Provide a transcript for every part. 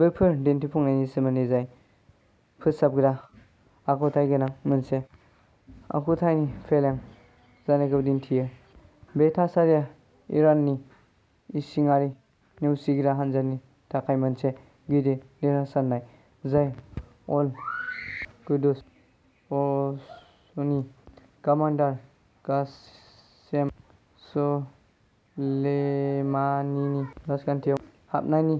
बेफोर दिन्थिफुंनायनि सोमोन्दै जाय फोसाबग्रा आखुथाय गोनां मोनसे आखुथायनि फेलें जानायखौ दिन्थियो। बे थासारिया इराननि इसिङारि नेवसिग्रा हान्जानि थाखाय मोनसे गिदिर देरहासारनाय। जाय अल-कुद्स फर्सनि कामान्डार कासेम स'लेमानिनि राजखान्थियाव हाबनायनि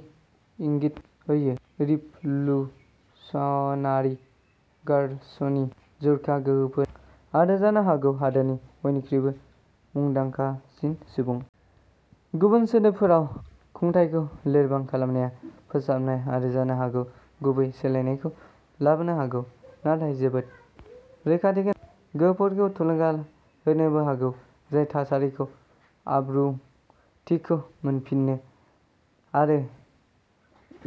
इंगित होयो। रिभलुशनारि गार्ड्सनि जर'खा गोहोफोर आरो जानो हागौ हादोरनि बयनिख्रुइबो मुंदांखासिन सुबुं। गुबुन सोदोबफोराव खुंथायखौ लोरबां खालामनाया फोसाबनाय आरो जानो हागौ गुबै सोलायनायखौ लाबोनो हागौ। नाथाय जोबोद रैखाथि गोनां गोहोफोरखौ थुलुंगा होनोबो हागौ जाय थासारिखौ "आब्रुथिखौ मोनफिननो" आरो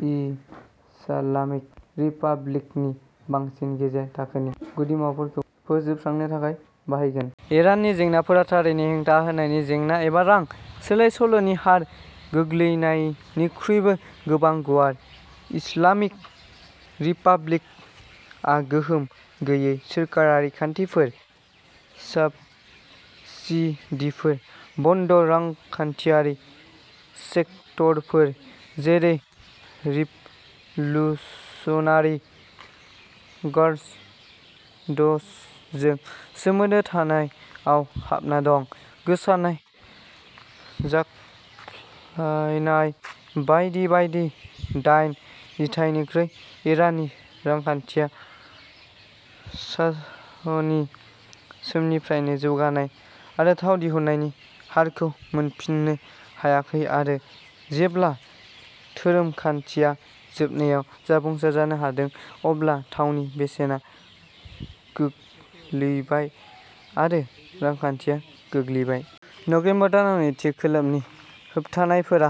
इस्लामिक रिपाब्लिकनि बांसिन गेजेर थाखोनि गुदिमुवाफोरखौ फोजोबस्रांनो थाखाय बाहायगोन। इराननि जेंनाफोरा थारैनो हेंथा होनायनि जेंना एबा रां सोलायसोल'नि हार गोग्लैनायनिख्रुइबो गोबां गुवार। इस्लामिक रिपाब्लिकआ गोहोम गैयै सोरखारि खान्थिफोर, साब्सिडीफोर, बन्द रांखान्थियारि सेक्टरफोर, जेरै रिभलुशनारि गार्ड्सजों सोमोन्दो थानाय, आव हाबना दं। गोसारनाय जाख्लायनाय बायदि बायदि दाइन जिथाइनिफ्राय इराननि रांखान्थिया शाहनि समनिफ्रायनो जौगानाय आरो थाव दिहुन्नायनि हारखौ मोनफिननो हायाखै आरो जेब्ला धोरोमखान्थिया जोबनायाव जाफुंसार जानो हादों अब्ला थावनि बेसेना गोग्लैबाय आरो रांखान्थिया गोग्लैबाय। नबेम्बर दानाव नैथि खोलोबनि होबथानायफोरा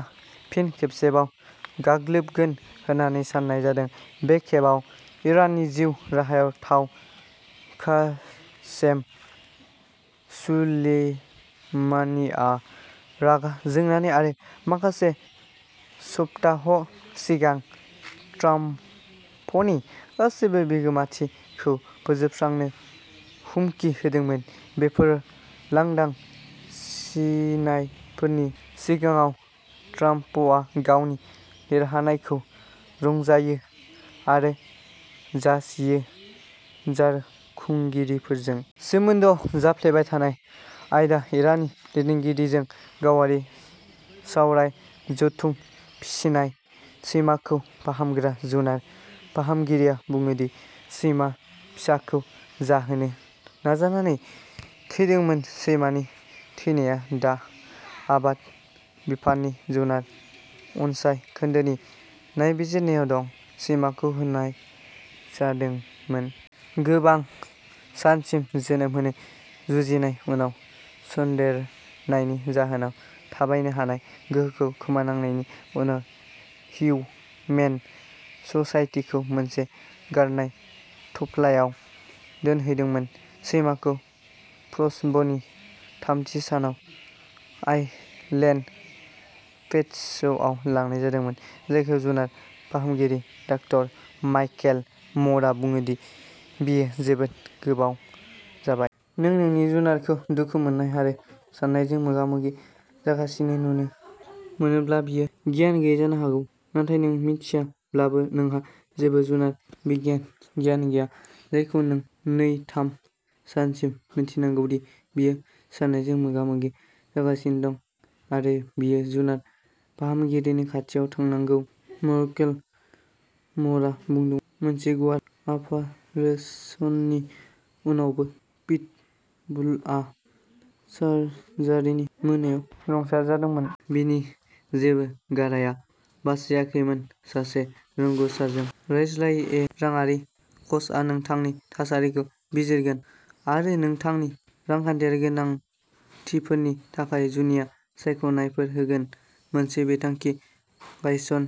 फिन खेबसेबाव गाग्लोबगोन होननानै साननाय जादों। बे खेबाव इराननि जिउ राहायाव थाव। कासेम सुलेमानीआ रागा जोंनानै आरो माखासे सप्ताह सिगां "ट्राम्पनि गासैबो बिगोमाथि" खौ फोजोबस्रांनो हुमखि होदोंमोन। बेफोरो लांदां सिगिनायफोरनि सिगाङाव ट्राम्पआ गावनि देरहानायखौ रंजायो आरो जासियो। जारखुंगिरिफोरजों सोमोन्दोआव जाफ्लेबाय थानाय आयदा इराननि दैदेनगिरिजों गावारि सावराय जथुम। फिसिनाय सैमाखौ फाहामग्रा जुनार फाहामगिरिया बुङो दि सैमा फिसाखौ जाहोनो नाजानानै थैदोंमोन। सैमानि थैनाया दा आबाद बिफाननि जुनार अनसाइ खोन्दोनि नायबिजिरनायाव दं। सैमाखौ होनाय जादोंमोन। गोबां सानसिम जोनोम होनो जुजिनाय उनाव सन्देरनायनि जाहोनाव थाबायनो हानाय गोहोखौ खोमानांनायनि उनाव हिउमेन ससाइटिखौ मोनसे गारनाय थफ्लायाव दोनहैदोंमोन। सैमाखौ प्रसबनि थामथि सानाव आइलेन्ड भेटसआव लांनाय जादोंमोन, जायखौ जुनार फाहामगिरि डाक्टर मायकेल म'रा बुङो दि बेयो जोबोद गोबाव जाबाय। नों नोंनि जुनारखौ दुखु मोननाय आरो सानायजों मोगा-मोगि जागासिनो नुनो मोनोब्ला बेयो गियान गैयै जानो हागौ नाथाय नों मिथियाब्लाबो नोंहा जेबो जुनार बिगियान गियान गैया जायखौ नों नै थाम सानसिम मिन्थिनांगौ दि बेयो सानायजों मोगा-मोगि जागासिनो दं आरो बेयो जुनार फाहामगिरिनि खाथियाव थांनांगौ मार्केल म'रा बुंदोंमोन मोनसे गुवार अपारेसननि उनावबो पिटबुलआ सार्जारिनि मोनायाव रुंसारि जादोंमोन। बिनि जेबो गारायआ बासियाखैमोन। सासे रोंग'सारजों रायज्लायो ए राङारि क'चआ नोंथांनि थासारिखौ बिजिरगोन आरो नोंथांनि रांखान्थियारि गोनांथिफोरनि थाखाय जुनिया सायख'नायफोर होगोन। मोनसे बिथांखि गायसन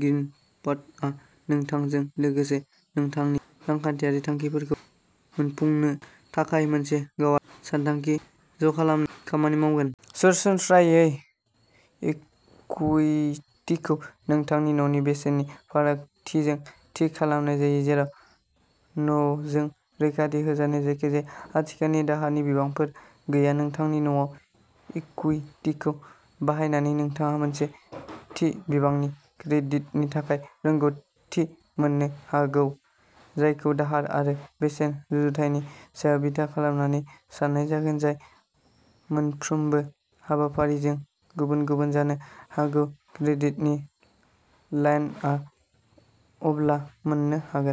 ग्रीनपाथआ नोंथांजों लोगोसे नोंथांनि रांखान्थियारि थांखिफोरखौ मोनफुंनो थाखाय मोनसे गावारि सानथांखि ज'खालामनो खामानि मावगोन। सरासनस्रायै इकुइटिखौ नोंथांनि न'नि बेसेननि फारागथिजों थि खालामनाय जायो जेराव न'जों रैखाथि होजानाय जायखिजाया आथिखालनि दाहारनि बिबांफोर गैया। नोंथांनि न'आव इकुइटिखौ बाहायनानै नोंथाङा मोनसे थि बिबांनि क्रेडिटनि थाखाय रोंग'थि मोननो हागौ। जायखौ दाहार आरो बेसेन रुजुथायनि सायाव बिथा खालामनानै सान्नाय जागोन जाय मोनफ्रोमबो हाबाफारिजों गुबुन-गुबुन जानो हागौ। क्रेडिटनि लाइनआ अब्ला मोन्नो हागोन।